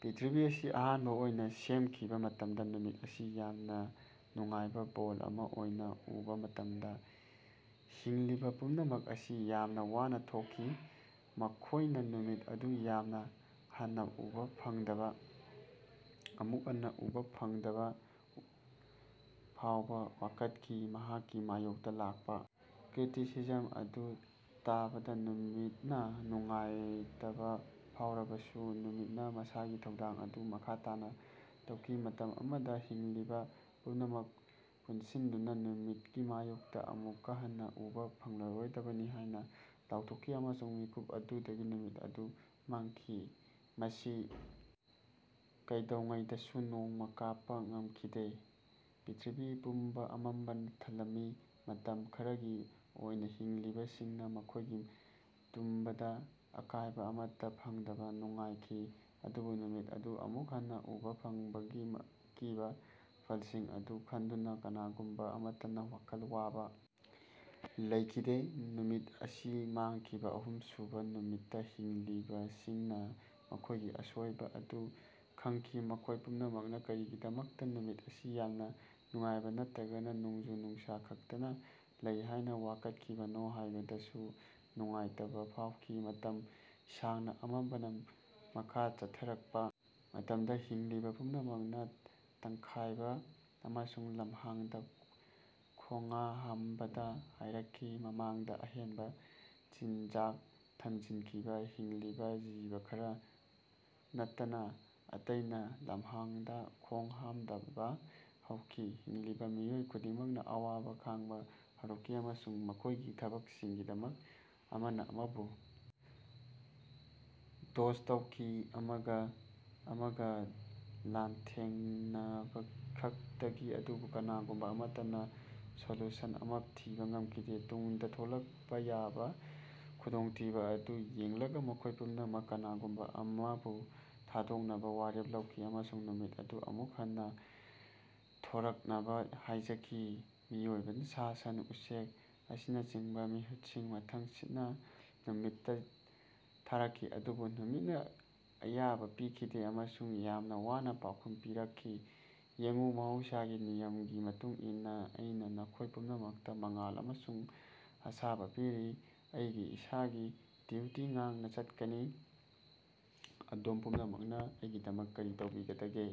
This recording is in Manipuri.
ꯄ꯭ꯔ꯭ꯤꯊꯤꯕꯤ ꯑꯁꯤ ꯑꯍꯥꯟꯕꯥ ꯑꯣꯏꯅꯥ ꯁꯦꯝꯈꯤꯕꯥ ꯃꯇꯝꯗ ꯅꯨꯃꯤꯠ ꯑꯁꯤ ꯌꯥꯝꯅꯥ ꯅꯨꯡꯉꯥꯏꯅꯥ ꯕꯣꯜ ꯑꯃꯥ ꯑꯣꯏꯅꯥ ꯎꯕꯥ ꯃꯇꯝꯗꯥ ꯍꯤꯡꯂꯤꯕꯥ ꯄꯨꯝꯅꯃꯛ ꯑꯁꯤ ꯌꯥꯝꯅꯥ ꯋꯥꯅꯥ ꯊꯣꯛꯈꯤ꯫ ꯃꯈꯣꯏꯅꯥ ꯅꯨꯃꯤꯠ ꯑꯗꯨ ꯑꯃꯨꯛ ꯍꯟꯅꯥ ꯎꯕꯥ ꯐꯪꯗꯅꯕꯥ ꯐꯥꯎꯕꯥ ꯋꯥꯀꯠꯈꯤ꯫ ꯃꯍꯥꯛꯀꯤ ꯃꯥꯌꯣꯛꯇꯥ ꯂꯥꯛꯄꯥ ꯀ꯭ꯔꯤꯇꯤꯁꯤꯖꯝ ꯑꯗꯨ ꯇꯥꯕꯗꯥ ꯅꯨꯃꯤꯠꯅꯥ ꯅꯨꯡꯉꯥꯏꯇꯕꯥ ꯐꯥꯎꯔꯕꯁꯨ ꯅꯨꯃꯤꯠꯅꯥ ꯃꯁꯥꯒꯤ ꯊꯧꯗꯥꯡ ꯑꯗꯨ ꯃꯈꯥ ꯇꯥꯅꯥ ꯇꯧꯈꯤ꯫ ꯃꯇꯝ ꯑꯃꯗꯥ ꯍꯤꯡꯂꯤꯕꯥ ꯄꯨꯝꯅꯃꯛ ꯄꯨꯟꯁꯤꯟꯗꯨꯅꯥ ꯅꯨꯃꯤꯠꯀꯤ ꯃꯥꯌꯣꯛꯇꯥ ꯑꯃꯨꯛꯀꯥ ꯍꯟꯅꯥ ꯎꯕꯥ ꯐꯪꯂꯣꯏꯗꯕꯅꯤ ꯍꯥꯏꯅꯥ ꯂꯥꯎꯊꯣꯛꯈꯤ ꯑꯃꯁꯨꯡ ꯃꯤꯀꯨꯞ ꯑꯗꯨꯗꯒꯤ ꯅꯨꯃꯤꯠ ꯑꯗꯨ ꯃꯥꯡꯈꯤ꯫ ꯃꯁꯤ ꯀꯩꯗꯧꯉꯩꯗꯁꯨ ꯅꯣꯡꯃꯩ ꯀꯥꯞꯄꯥ ꯉꯝꯈꯤꯗꯦ꯫ ꯄ꯭ꯔ꯭ꯤꯊꯤꯕꯤ ꯄꯨꯝꯕꯥ ꯑꯃꯝꯕꯅꯥ ꯊꯜꯂꯝꯃꯤ꯫ ꯃꯇꯝ ꯈꯔꯒꯤ ꯑꯣꯏꯅꯥ ꯍꯤꯡꯂꯤꯕꯁꯤꯡꯅꯥ ꯃꯈꯣꯏꯒꯤ ꯇꯨꯝꯕꯗꯥ ꯑꯀꯥꯏꯕꯥ ꯑꯃꯠꯇꯥ ꯐꯪꯗꯕꯗꯥ ꯅꯨꯡꯉꯥꯏꯈꯤ꯫ ꯑꯗꯨꯕꯨ ꯅꯨꯃꯤꯠ ꯑꯗꯨ ꯑꯃꯨꯛ ꯍꯟꯅꯥ ꯎꯕꯥ ꯐꯪꯗꯕꯒꯤ ꯑꯀꯤꯕꯥ ꯐꯜꯁꯤꯡ ꯑꯗꯨ ꯈꯟꯗꯨꯅꯥ ꯀꯅꯥꯒꯨꯝꯕꯥ ꯑꯃꯠꯇꯅꯥ ꯋꯥꯈꯜ ꯋꯥꯕꯥ ꯂꯩꯈꯤꯗꯦ꯫ ꯅꯨꯃꯤꯠ ꯑꯁꯤ ꯃꯥꯡꯈꯤꯕꯥ ꯑꯍꯨꯝꯁꯨꯕꯥ ꯅꯨꯃꯤꯠꯇꯥ ꯍꯤꯡꯂꯤꯕꯁꯤꯡꯅꯥ ꯃꯈꯣꯏꯒꯤ ꯑꯁꯣꯏꯕꯥ ꯑꯗꯨ ꯈꯪꯈꯤ꯫ ꯃꯈꯣꯏ ꯄꯨꯝꯅꯃꯛꯅꯥ ꯀꯔꯤꯒꯤꯗꯃꯛꯇꯥ ꯅꯨꯃꯤꯠ ꯑꯁꯤ ꯌꯥꯝꯅꯥ ꯅꯨꯡꯉꯥꯏꯕꯥ ꯅꯠꯇ꯭ꯔꯒꯥ ꯅꯣꯡꯖꯨ ꯅꯨꯡꯁꯥ ꯈꯥꯛꯇꯅꯥ ꯂꯩ ꯍꯥꯏꯅꯥ ꯋꯥꯀꯠꯈꯤꯕꯅꯣ ꯍꯥꯏꯕꯗꯨ ꯅꯨꯡꯉꯥꯏꯇꯕꯥ ꯐꯥꯎꯈꯤ꯫ ꯃꯇꯝ ꯁꯥꯡꯅꯥ ꯑꯃꯝꯕꯅꯥ ꯃꯈꯥ ꯆꯠꯊꯔꯛꯄꯥ ꯃꯇꯝꯗꯥ ꯍꯤꯡꯂꯤꯕꯥ ꯄꯨꯝꯅꯃꯛꯅꯥ ꯇꯛꯈꯥꯏꯔꯕꯥ ꯑꯃꯁꯨꯡ ꯂꯝꯍꯥꯡꯗꯥ ꯈꯣꯉ ꯍꯥꯝꯗꯕꯥ ꯍꯧꯔꯛꯈꯤ꯫ ꯃꯃꯥꯡꯗꯥ ꯑꯍꯦꯟꯕꯥ ꯆꯤꯟꯖꯥꯛ ꯊꯝꯖꯤꯟꯈꯤꯕꯥ ꯍꯤꯡꯂꯤꯕꯥ ꯖꯤꯕ ꯈꯔꯗꯤ ꯅꯠꯇꯅꯥ ꯑꯇꯩꯅꯥ ꯂꯝꯍꯥꯡꯗꯥ ꯈꯣꯡ ꯍꯥꯝꯗꯕꯥ ꯍꯧꯈꯤ꯫ ꯍꯤꯡꯂꯤꯕꯥ ꯃꯤꯑꯣꯏ ꯈꯨꯗꯤꯡꯃꯛꯅꯥ ꯑꯋꯥꯕꯥ ꯈꯥꯡꯕꯥ ꯍꯧꯔꯛꯈꯤ ꯑꯃꯁꯨꯡ ꯃꯈꯣꯏꯒꯤ ꯊꯕꯛꯁꯤꯡꯒꯤꯗꯃꯛ ꯑꯃꯅꯥ ꯑꯃꯕꯨ ꯗꯣꯁ ꯇꯧꯈꯤ꯫ ꯃꯈꯣꯏ ꯑꯃꯒꯥ ꯑꯃꯒꯥ ꯂꯥꯟꯊꯦꯡꯅꯕꯈꯛꯇꯅꯤ ꯑꯗꯨꯕꯨ ꯀꯅꯥꯒꯨꯝꯕꯥ ꯑꯃꯠꯇꯅꯥ ꯁꯣꯂꯨꯁꯟ ꯑꯃꯥ ꯊꯤꯕꯥ ꯉꯝꯈꯤꯗꯦ꯫ ꯇꯨꯡꯗꯥ ꯊꯣꯛꯂꯛꯄꯥ ꯌꯥꯕꯥ ꯈꯨꯗꯣꯡꯊꯤꯕꯥ ꯑꯗꯨ ꯌꯦꯡꯂꯒꯥ ꯃꯈꯣꯏ ꯄꯨꯝꯅꯃꯛꯅꯥ ꯀꯅꯥꯒꯨꯝꯕꯥ ꯑꯃꯕꯨ ꯊꯥꯗꯣꯛꯅꯕꯥ ꯋꯥꯔꯦꯞ ꯂꯧꯈꯤ ꯑꯃꯁꯨꯡ ꯅꯨꯃꯤꯠ ꯑꯗꯨ ꯑꯃꯨꯛ ꯍꯟꯅꯥ ꯊꯣꯔꯛꯅꯕꯥ ꯍꯥꯏꯖꯈꯤ꯫ ꯃꯤꯑꯣꯏꯕꯥ ꯁꯥ ꯁꯟ ꯎꯆꯦꯛ ꯑꯁꯤꯅꯆꯤꯡꯕꯒꯤ ꯃꯤꯍꯨꯠꯁꯤꯡ ꯃꯊꯪꯁꯤꯠꯅꯥ ꯅꯨꯃꯤꯠꯇꯥ ꯊꯥꯔꯛꯈꯤ ꯑꯗꯨꯕꯨ ꯅꯨꯃꯤꯠꯅꯥ ꯑꯌꯥꯕꯥ ꯄꯤꯈꯤꯗꯦ ꯑꯃꯁꯨꯡ ꯌꯥꯝꯅꯥ ꯋꯥꯅꯥ ꯄꯥꯎꯈꯨꯝ ꯄꯤꯔꯛꯈꯤ ꯌꯦꯡꯎ ꯃꯍꯧꯁꯥꯒꯤ ꯅꯤꯌꯝꯒꯤ ꯃꯇꯨꯡ ꯏꯟꯅꯥ ꯑꯩꯅꯥ ꯅꯈꯣꯏ ꯄꯨꯝꯅꯃꯛꯇꯥ ꯃꯉꯥꯜ ꯑꯃꯁꯨꯡ ꯑꯁꯥꯕꯥ ꯄꯤꯔꯤ꯫ ꯑꯩꯒꯤ ꯏꯁꯥꯒꯤ ꯗ꯭ꯌꯨꯇꯤ ꯉꯥꯛꯅꯥ ꯆꯠꯈꯤ꯫ ꯑꯗꯣꯝ ꯄꯨꯝꯅꯃꯛꯅꯥ ꯑꯩꯒꯤꯗꯃꯛ ꯀꯔꯤ ꯇꯧꯈꯤꯕꯒꯦ?